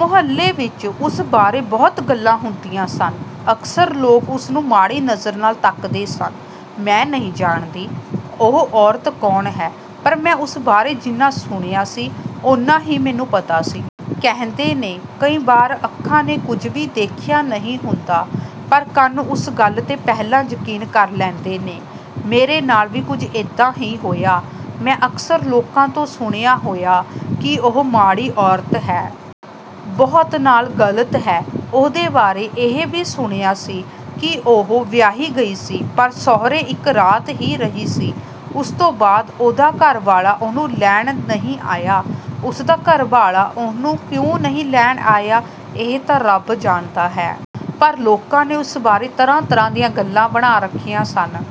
ਮੁਹੱਲੇ ਵਿੱਚ ਉਸ ਬਾਰੇ ਬਹੁਤ ਗੱਲਾਂ ਹੁੰਦੀਆਂ ਸਨ। ਅਕਸਰ ਲੋਕ ਉਸ ਨੂੰ ਮਾੜੀ ਨਜ਼ਰ ਨਾਲ਼ ਤੱਕਦੇ ਸਨ। ਮੈਂ ਨਹੀਂ ਜਾਣਦੀ ਉਹ ਔਰਤ ਕੌਣ ਹੈ ਪਰ ਮੈਂ ਉਸ ਬਾਰੇ ਜਿੰਨਾ ਸੁਣਿਆ ਸੀ ਓਨਾ ਹੀ ਮੈਨੂੰ ਪਤਾ ਸੀ। ਕਹਿੰਦੇ ਨੇ ਕਈ ਵਾਰ ਅੱਖਾਂ ਨੇ ਕੁਝ ਵੀ ਦੇਖਿਆ ਨਹੀਂ ਹੁੰਦਾ ਪਰ ਕੰਨ ਉਸ ਗੱਲ 'ਤੇ ਪਹਿਲਾਂ ਯਕੀਨ ਕਰ ਲੈਂਦੇ ਨੇ। ਮੇਰੇ ਨਾਲ਼ ਵੀ ਕੁਝ ਇਦਾਂ ਹੀ ਹੋਇਆ। ਮੈਂ ਅਕਸਰ ਲੋਕਾਂ ਤੋਂ ਸੁਣਿਆ ਹੋਇਆ ਕਿ ਉਹ ਮਾੜੀ ਔਰਤ ਹੈ। ਬਹੁਤ ਨਾਲ਼ ਗ਼ਲਤ ਹੈ… ਉਹਦੇ ਬਾਰੇ ਇਹ ਵੀ ਸੁਣਿਆ ਸੀ ਕਿ ਉਹ ਵਿਆਹੀ ਗਈ ਸੀ ਪਰ ਸਹੁਰੇ ਇੱਕ ਰਾਤ ਹੀ ਰਹੀ ਸੀ। ਉਸ ਤੋਂ ਬਾਅਦ ਉਹਦਾ ਘਰ ਵਾਲਾ ਉਹਨੂੰ ਲੈਣ ਨਹੀਂ ਆਇਆ… ਉਸ ਦਾ ਘਰ ਵਾਲਾ ਉਹਨੂੰ ਕਿਉਂ ਨਹੀਂ ਲੈਣ ਆਇਆ ਇਹ ਤਾਂ ਰੱਬ ਜਾਣਦਾ ਹੈ। ਪਰ ਲੋਕਾਂ ਨੇ ਉਸ ਬਾਰੇ ਤਰ੍ਹਾਂ-ਤਰ੍ਹਾਂ ਦੀਆਂ ਗੱਲਾਂ ਬਣਾ ਰੱਖੀਆਂ ਸਨ।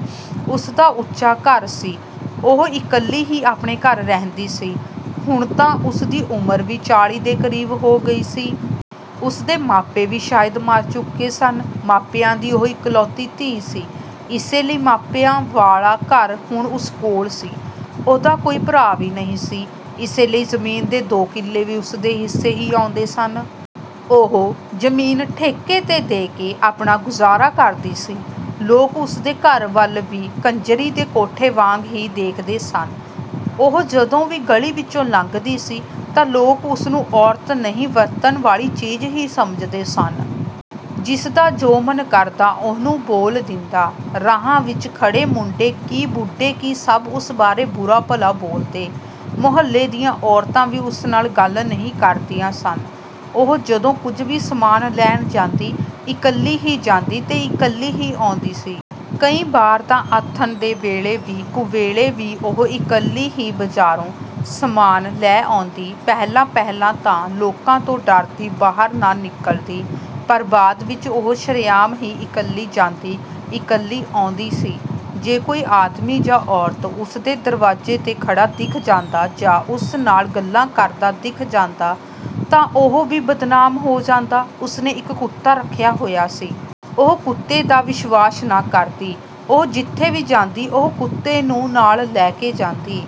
ਉਸ ਦਾ ਉੱਚਾ ਘਰ ਸੀ। ਉਹ ਇਕੱਲੀ ਹੀ ਆਪਣੇ ਘਰ ਰਹਿੰਦੀ ਸੀ। ਹੁਣ ਤਾਂ ਉਸ ਦੀ ਉਮਰ ਵੀ ਚਾਲੀ ਦੇ ਕਰੀਬ ਹੋ ਗਈ ਸੀ। ਉਸ ਦੇ ਮਾਪੇ ਵੀ ਸ਼ਾਇਦ ਮਰ ਚੁੱਕੇ ਸਨ। ਮਾਪਿਆਂ ਦੀ ਉਹ ਇੱਕਲੌਤੀ ਧੀ ਸੀ। ਇਸੇ ਲਈ ਮਾਪਿਆਂ ਵਾਲਾ ਘਰ ਹੁਣ ਉਸ ਕੋਲ ਸੀ। ਉਹਦਾ ਕੋਈ ਭਰਾ ਵੀ ਨਹੀਂ ਸੀ। ਇਸੇ ਲਈ ਜ਼ਮੀਨ ਦੇ ਦੋ ਕਿੱਲੇ ਵੀ ਉਸ ਦੇ ਹਿੱਸੇ ਹੀ ਆਉਂਦੇ ਸਨ। ਉਹ ਜ਼ਮੀਨ ਠੇਕੇ 'ਤੇ ਦੇ ਕੇ ਆਪਣਾ ਗੁਜ਼ਾਰਾ ਕਰਦੀ ਸੀ। ਲੋਕ ਉਸ ਦੇ ਘਰ ਵੱਲ ਵੀ ਕੰਜਰੀ ਦੇ ਕੋਠੇ ਵਾਂਗ ਹੀ ਦੇਖਦੇ ਸਨ। ਉਹ ਜਦੋਂ ਵੀ ਗਲ਼ੀ ਵਿੱਚੋਂ ਲੰਘਦੀ ਸੀ ਤਾਂ ਲੋਕ ਉਸ ਨੂੰ ਔਰਤ ਨਹੀਂ ਵਰਤਣ ਵਾਲੀ ਚੀਜ਼ ਹੀ ਸਮਝਦੇ ਸਨ। ਜਿਸ ਦਾ ਜੋ ਮਨ ਕਰਦਾ ਉਹਨੂੰ ਬੋਲ ਦਿੰਦਾ। ਰਾਹਾਂ ਵਿੱਚ ਖੜੇ ਮੁੰਡੇ ਕੀ ਬੁੱਢੇ ਕੀ ਸਭ ਉਸ ਬਾਰੇ ਬੁਰਾ-ਭਲਾ ਬੋਲਦੇ। ਮੁਹੱਲੇ ਦੀਆਂ ਔਰਤਾਂ ਵੀ ਉਸ ਨਾਲ਼ ਗੱਲ ਨਹੀਂ ਕਰਦੀਆਂ ਸਨ। ਉਹ ਜਦੋਂ ਕੁਝ ਵੀ ਸਮਾਨ ਲੈਣ ਜਾਂਦੀ, ਇੱਕਲੀ ਹੀ ਜਾਂਦੀ ਤੇ ਇੱਕਲੀ ਹੀ ਆਉਂਦੀ ਸੀ। ਕਈ ਵਾਰ ਤਾਂ ਆਥਣ ਦੇ ਵੇਲੇ ਵੀ ਕੁਵੇਲੇ ਵੀ ਉਹ ਇੱਕਲੀ ਹੀ ਬਾਜ਼ਾਰੋਂ ਸਮਾਨ ਲੈ ਆਉਂਦੀ। ਪਹਿਲਾਂ-ਪਹਿਲਾਂ ਤਾਂ ਉਹ ਲੋਕਾਂ ਤੋਂ ਡਰਦੀ ਬਾਹਰ ਨਾ ਨਿਕਲਦੀ। ਪਰ ਬਾਅਦ ਵਿੱਚ ਉਹ ਸ਼ਰੇਆਮ ਹੀ ਇੱਕਲੀ ਜਾਂਦੀ ਇੱਕਲੀ ਆਉਂਦੀ ਸੀ… ਜੇ ਕੋਈ ਆਦਮੀ ਜਾਂ ਔਰਤ ਉਸ ਦੇ ਦਰਵਾਜ਼ੇ 'ਤੇ ਖੜਾ ਦਿਖ ਜਾਂਦਾ ਜਾਂ ਉਸ ਨਾਲ਼ ਗੱਲ ਕਰਦਾ ਦਿੱਖ ਜਾਂਦਾ ਤਾਂ ਉਹ ਵੀ ਬਦਨਾਮ ਹੋ ਜਾਂਦਾ… ਉਸ ਨੇ ਇੱਕ ਕੁੱਤਾ ਰੱਖਿਆ ਹੋਇਆ ਸੀ। ਉਹ ਕੁੱਤੇ ਦਾ ਵਿਸ਼ਵਾਸ ਨਾ ਕਰਦੀ। ਉਹ ਜਿੱਥੇ ਵੀ ਜਾਂਦੀ ਉਹ ਕੁੱਤੇ ਨੂੰ ਨਾਲ਼ ਲੈ ਕੇ ਜਾਂਦੀ।